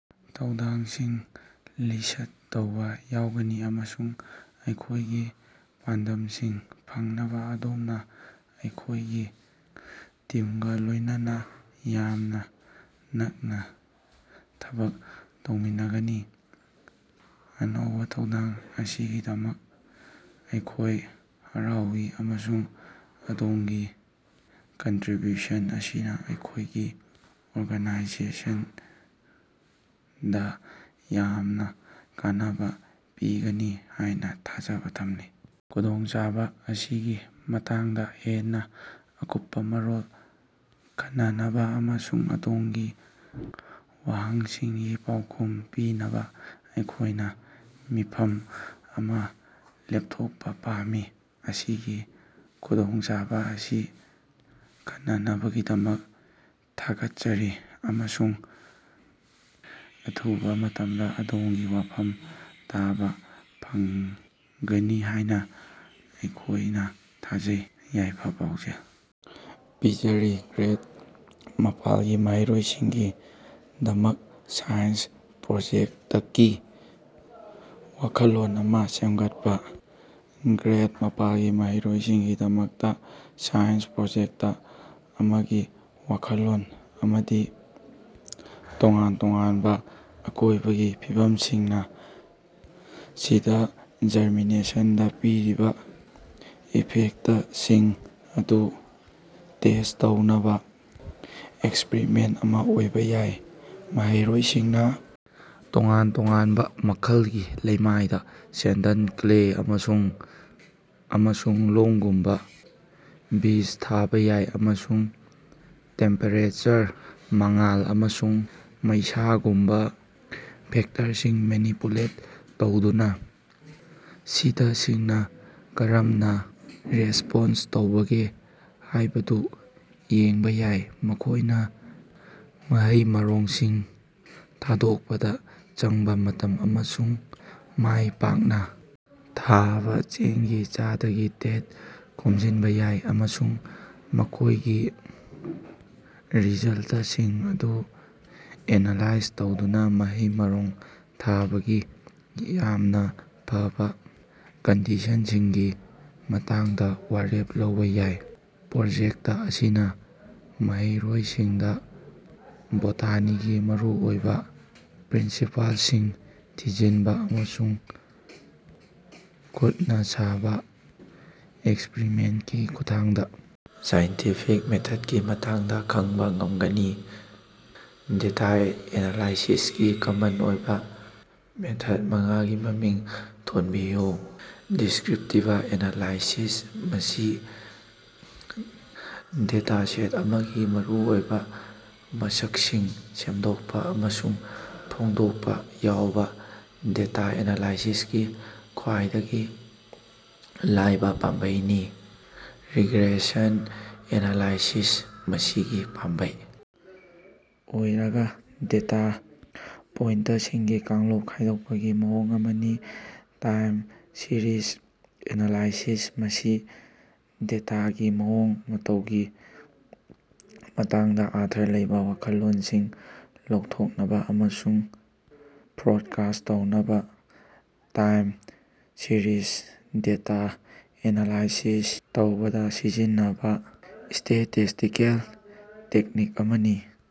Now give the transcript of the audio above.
ꯊꯧꯗꯥꯡꯁꯤꯡ ꯂꯤꯁ꯭ꯠ ꯇꯧꯕꯥ ꯌꯥꯎꯒꯅꯤ ꯑꯃꯁꯨꯡ ꯑꯩꯈꯣꯏꯒꯤ ꯄꯥꯟꯗꯝꯁꯤꯡ ꯐꯪꯅꯕ ꯑꯗꯣꯝꯅ ꯑꯩꯈꯣꯏꯒꯤ ꯇꯤꯝꯒ ꯂꯣꯏꯅꯅ ꯌꯥꯝꯅ ꯅꯛꯅ ꯊꯕꯛ ꯇꯧꯃꯤꯟꯅꯒꯅꯤ꯫ ꯑꯅꯧꯕ ꯊꯧꯗꯥꯡ ꯑꯁꯤꯒꯤꯗꯃꯛ ꯑꯩꯈꯣꯏ ꯍꯔꯥꯎꯏ ꯑꯃꯁꯨꯡ ꯑꯗꯣꯝꯒꯤ ꯀꯟꯇꯔꯤꯕ꯭ꯌꯨꯁꯟ ꯑꯁꯤꯅ ꯑꯩꯈꯣꯏꯒꯤ ꯑꯣꯔꯒꯅꯥꯏꯖꯦꯁꯟꯗ ꯌꯥꯝꯅ ꯀꯥꯟꯅꯕ ꯄꯤꯒꯅꯤ ꯍꯥꯏꯅ ꯊꯥꯖꯕ ꯊꯝꯂꯤ꯫ ꯈꯨꯗꯣꯡꯆꯥꯕ ꯑꯁꯤꯒꯤ ꯃꯇꯥꯡꯗ ꯍꯦꯟꯅ ꯑꯀꯨꯞꯄ ꯃꯔꯣꯜꯗ ꯈꯟꯅꯅꯕ ꯑꯃꯁꯨꯡ ꯑꯗꯣꯝꯒꯤ ꯋꯥꯍꯪꯁꯤꯡꯒꯤ ꯄꯥꯎꯈꯨꯝ ꯄꯤꯅꯕ ꯑꯩꯈꯣꯏꯅ ꯃꯤꯐꯝ ꯑꯃ ꯂꯦꯞꯊꯣꯛꯄ ꯄꯥꯝꯃꯤ꯫ ꯑꯁꯤꯒꯤ ꯈꯨꯗꯣꯡꯆꯥꯕ ꯑꯁꯤ ꯈꯟꯅꯕꯒꯤꯗꯃꯛ ꯊꯥꯒꯠꯆꯔꯤ, ꯑꯃꯁꯨꯡ ꯑꯊꯨꯕ ꯃꯇꯝꯗ ꯑꯗꯣꯝꯒꯤ ꯋꯥꯐꯝ ꯇꯥꯕ ꯐꯪꯒꯅꯤ ꯍꯥꯏꯅ ꯑꯩꯈꯣꯏꯅ ꯊꯥꯖꯩ꯫ ꯌꯥꯏꯐ-ꯄꯥꯎꯖꯦꯜ ꯄꯤꯖꯔꯤ, ꯒ꯭ꯔꯦꯗ ꯃꯥꯄꯜꯒꯤ ꯃꯍꯩꯔꯣꯏꯁꯤꯡꯒꯤꯗꯃꯛ ꯁꯥꯏꯟꯁ ꯄ꯭ꯔꯣꯖꯦꯛꯇꯛꯀꯤ ꯋꯥꯈꯜꯂꯣꯟ ꯑꯃꯥ ꯁꯦꯝꯒꯠꯄꯥ꯫ ꯒ꯭ꯔꯦꯗ ꯃꯥꯄꯜꯒꯤ ꯃꯍꯩꯔꯣꯏꯁꯤꯡꯒꯤꯗꯃꯛꯇ ꯁꯥꯏꯟꯁ ꯄ꯭ꯔꯣꯖꯦꯛꯇ ꯑꯃꯒꯤ ꯋꯥꯈꯜꯂꯣꯟ ꯑꯃꯗꯤ ꯇꯣꯉꯥꯟ ꯇꯣꯉꯥꯟꯕ ꯑꯀꯣꯏꯕꯒꯤ ꯐꯤꯕꯝꯁꯤꯡꯅ ꯁꯤꯗ ꯖꯔꯃꯤꯅꯦꯁꯟꯗ ꯄꯤꯔꯤꯕ ꯏꯐꯦꯛꯇꯁꯤꯡ ꯑꯗꯨ ꯇꯦꯁ꯭ꯠ ꯇꯧꯅꯕ ꯑꯦꯛꯁꯄꯔꯤꯃꯦꯟꯇ ꯑꯃ ꯑꯣꯏꯕ ꯌꯥꯏ꯫ ꯃꯍꯩꯔꯣꯏꯁꯤꯡꯅ ꯇꯣꯉꯥꯟ-ꯇꯣꯉꯥꯟꯕ ꯃꯈꯜꯒꯤ ꯂꯩꯃꯥꯏꯗ ꯁꯦꯟꯗꯜ, ꯀ꯭ꯂꯦ, ꯑꯃꯁꯨꯡ ꯑꯃꯁꯨꯡ ꯂꯣꯝꯒꯨꯝꯕꯥ ꯕꯤꯖ ꯊꯥꯕꯥ ꯌꯥꯏ ꯑꯃꯁꯨꯡ ꯇꯦꯝꯄꯦꯔꯦꯆꯔ, ꯃꯉꯥꯜ, ꯑꯃꯁꯨꯡ ꯃꯩꯁꯥꯒꯨꯝꯕ ꯐꯦꯛꯇꯔꯁꯤꯡ ꯃꯦꯅꯤꯄꯨꯂꯦꯠ ꯇꯧꯗꯨꯅ ꯁꯤꯗꯁꯤꯡꯅ ꯀꯔꯝꯅ ꯔꯦꯁ꯭ꯄꯣꯟꯁ ꯇꯧꯕꯒꯦ ꯍꯥꯏꯕꯗꯨ ꯌꯦꯡꯕ ꯌꯥꯏ꯫ ꯃꯈꯣꯏꯅ ꯃꯍꯩ-ꯃꯔꯣꯡꯁꯤꯡ ꯊꯥꯗꯣꯛꯄꯗ ꯆꯪꯕ ꯃꯇꯝ ꯑꯃꯁꯨꯡ ꯃꯥꯏ ꯄꯥꯛꯅ ꯊꯥꯕ ꯆꯦꯡꯒꯤ ꯆꯥꯗꯒꯤ ꯗꯦꯇ ꯈꯣꯝꯖꯤꯟꯕ ꯌꯥꯏ꯫ ꯑꯃꯁꯨꯡ ꯃꯈꯣꯏꯒꯤ ꯔꯤꯖꯜꯇꯁꯤꯡ ꯑꯗꯨ ꯑꯦꯅꯥꯂꯥꯏꯖ ꯇꯧꯗꯨꯅ ꯃꯍꯩ-ꯃꯔꯣꯡ ꯊꯥꯕꯒꯤ ꯌꯥꯝꯅ ꯐꯕ ꯀꯟꯗꯤꯁꯟꯁꯤꯡꯒꯤ ꯃꯇꯥꯡꯗ ꯋꯥꯔꯦꯞ ꯂꯧꯕ ꯌꯥꯏ꯫ ꯄ꯭ꯔꯣꯖꯦꯛꯇ ꯑꯁꯤꯅ ꯃꯍꯩꯔꯣꯏꯁꯤꯡꯗ ꯕꯣꯇꯥꯅꯤꯒꯤ ꯃꯔꯨꯑꯣꯏꯕ ꯄ꯭ꯔꯤꯟꯁꯤꯄꯥꯜꯁꯤꯡ ꯊꯤꯖꯤꯟꯕ ꯑꯃꯁꯨꯡ ꯈꯨꯠꯅ ꯁꯥꯕ ꯑꯦꯛꯁꯄꯔꯤꯃꯦꯟꯇꯀꯤ ꯈꯨꯠꯊꯥꯡꯗ ꯁꯥꯏꯟꯇꯤꯐꯤꯛ ꯃꯦꯊꯗꯀꯤ ꯃꯇꯥꯡꯗ ꯈꯪꯕ ꯉꯝꯒꯅꯤ꯫ ꯗꯦꯇꯥ ꯑꯦꯅꯥꯂꯥꯏꯁꯤꯁꯀꯤ ꯀꯃꯟ ꯑꯣꯏꯕ ꯃꯦꯊꯗ ꯃꯉꯥꯒꯤ ꯃꯃꯤꯡ ꯊꯣꯟꯕꯤꯌꯨ꯫ ꯗꯤꯁ꯭ꯀꯔꯤꯞꯇꯤꯕ ꯑꯦꯅꯥꯂꯥꯏꯁꯤꯁ: ꯃꯁꯤ ꯗꯦꯇꯥꯁꯦꯠ ꯑꯃꯒꯤ ꯃꯔꯨꯑꯣꯏꯕ ꯃꯁꯛꯁꯤꯡ ꯁꯦꯝꯗꯣꯛꯄ ꯑꯃꯁꯨꯡ ꯐꯣꯡꯗꯣꯛꯄ ꯌꯥꯎꯕ ꯗꯦꯇꯥ ꯑꯦꯅꯥꯂꯥꯏꯁꯤꯁꯀꯤ ꯈ꯭ꯋꯥꯏꯗꯒꯤ ꯂꯥꯏꯕ ꯄꯥꯝꯕꯩꯅꯤ꯫ ꯔꯤꯒ꯭ꯔꯦꯁꯟ ꯑꯦꯅꯥꯂꯥꯏꯁꯤꯁ: ꯃꯁꯤꯒꯤ ꯄꯥꯝꯕꯩ ꯑꯣꯏꯔꯒ ꯗꯦꯇꯥ ꯄꯣꯏꯟꯇꯁꯤꯡ ꯀꯥꯡꯂꯨꯞ ꯈꯥꯏꯗꯣꯛꯄꯒꯤ ꯃꯑꯣꯡ ꯑꯃꯅꯤ꯫ ꯇꯥꯏꯝ ꯁꯤꯔꯤꯖ ꯑꯦꯅꯥꯂꯥꯏꯁꯤꯁ: ꯃꯁꯤ ꯗꯦꯇꯥꯒꯤ ꯃꯑꯣꯡ ꯃꯇꯧꯒꯤ ꯃꯇꯥꯡꯗ ꯑꯔꯊ ꯂꯩꯕ ꯋꯥꯈꯜꯂꯣꯟꯁꯤꯡ ꯂꯧꯊꯣꯛꯅꯕ ꯑꯃꯁꯨꯡ ꯐ꯭ꯔꯣꯠꯀꯥꯁ꯭ꯠ ꯇꯧꯅꯕ ꯇꯥꯏꯝ-ꯁꯤꯔꯤꯖ ꯗꯦꯇꯥ ꯑꯦꯅꯥꯂꯥꯏꯁꯤꯁ ꯇꯧꯕꯗ ꯁꯤꯖꯤꯟꯅꯕ ꯁ꯭ꯇꯦꯇꯤꯁ꯭ꯇꯤꯀꯦꯜ ꯇꯦꯛꯅꯤꯛ ꯑꯃꯅꯤ꯫